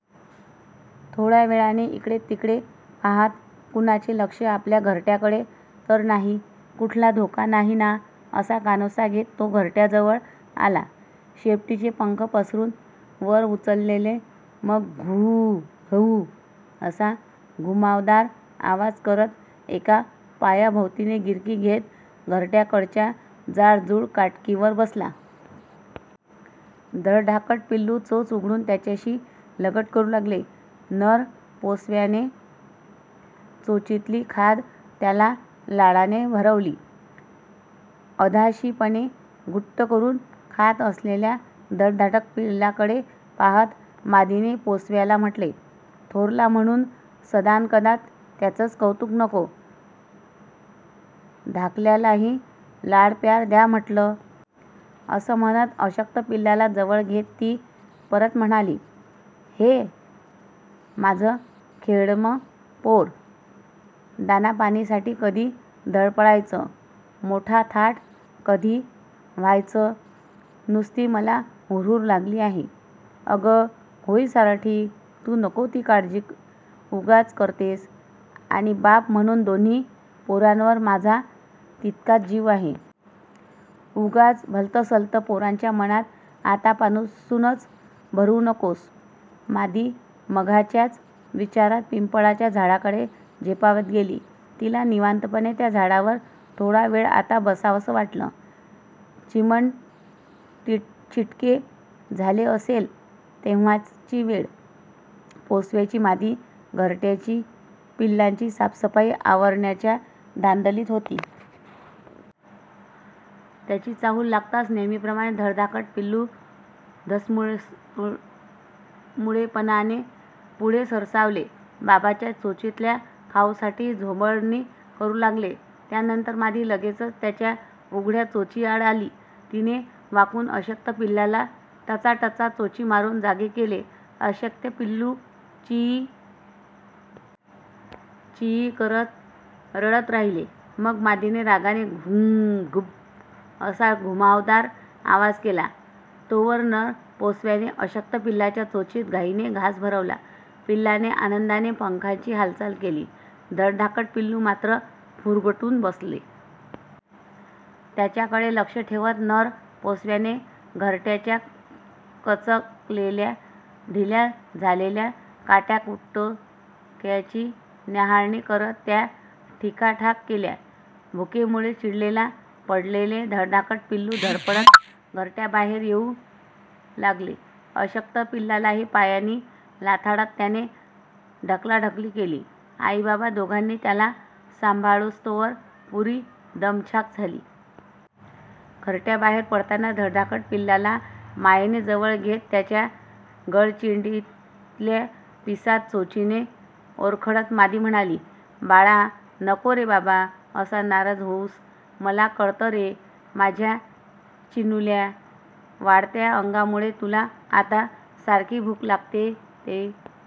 थोड्या वेळाने इकडे-तिकडे पाहात, 'कुणाचे लक्ष आपल्या घरट्याकडे तर नाही! कुठला धोका नाही ना!' असा कानोसा घेत तो घरट्याजवळ आला. शेपटीचे पंख पसरून वर उचलेले. मग घु.. घु.... असा घुमावदार आवाज करत एका पायाभोवतीने गिरकी घेत घरट्याकडच्या जाडजूड काटकीवर बसला. धडधाकट पिलू चोच उघडून त्याच्याशी लगट करू लागले. नर पोसव्याने चोचीतली खाद त्याला लाडाने भरवली. अधाशीपणे घुट्ट करून खात असलेल्या धडधाकट पिलाकडे पाहत मादीने पोसव्याला म्हटले, 'थोरला म्हणून सदानकदा त्याचंच कौतुक नको! धाकल्यालाही लाडप्यार द्या म्हटलं!' असं म्हणत अशक्त पिलाला जवळ घेत ती परत म्हणाली, 'ह्ये, माझं खेडमं पोर दाणापाणीसाठी कधी धडपडायचं? मोठ्ठथाटं कधी व्हायचं? नुस्ती मला हुरहूर लागली आहे!' 'अगं, होईल सारं ठीक! तू नको ती काळजी उगाच करत्येस आणि बाप म्हणून दोन्ही पोरांवर माझा तितकाच जीव आहे. उगाच भलतसलतं पोरांच्या मनांत आतापासूनच भरवू नकोस!' मादी मघाच्याच विचारात पिंपळाच्या झाडाकडे झेपावत गेली. तिला निवांतपणे त्या झाडावर थोडा वेळ आता बसावंसं वाटलं. चिमणचिटके झाले असेल तेव्हाची वेळ... पोसव्याची मादी घरट्याची, पिलांची साफसफाई आवरण्याच्या धांदलीत होती. त्याची चाहूल लागताच नेहमीप्रमाणे धडधाकट पिलू धसमुळेपणाने पुढे सरसावले. बाबांच्या चोचीतल्या खाऊसाठी झोंबडणी करू लागले. त्यानंतर मादी लगेचच त्याच्या उघड्या चोचीआड आली. तिने वाकून अशक्त पिलाला टचा.. टचा.. चोची मारून जागे केले. अशक्त पिलू चीई.. चीई.. करत रडत राहिले. मग मादीने रागाने घु.. असा घुमावदार आवाज केला. तोवर नर पोसव्याने अशक्त पिलाच्या चोचीत घाईने घास भरवला. पिलाने आनंदाने पंखाची हालचाल केली. धडधाकट पिलू मात्र फुरगटून बसले. त्याच्याकडे लक्ष ठेवत नर पोसव्याने घरट्याच्या कचकलेल्या, ढिल्या झालेल्या काट्याकुटक्यांची न्याहळणी करून त्या ठीकाठाक केल्या. भुकेमुळे चिडलेला पडलेले धडधाकट पिलू धडपडत घरट्याबाहेर येऊ लागले. अशक्त पिलालाही पायांनी लाथाडत त्याने ढकलाढकली केली. आई-बाबा दोघांनी त्याला सांभाळूस्तोवर पुरी दमछाक झाली. घरट्याबाहेर पडताना धडधाकट पिल्लाला मायेने जवळ घेत त्याच्या गळचेंडीतल्या पिसांत चोचीने ओरखडत मादी म्हणाली, 'बाळा, नको रे बाबा असा नाराज होऊस, मला कळतं रे माझ्या चिन्नुल्या! वाढत्या अंगामुळे तुला आता सारखी भूक लागत्ये ते!'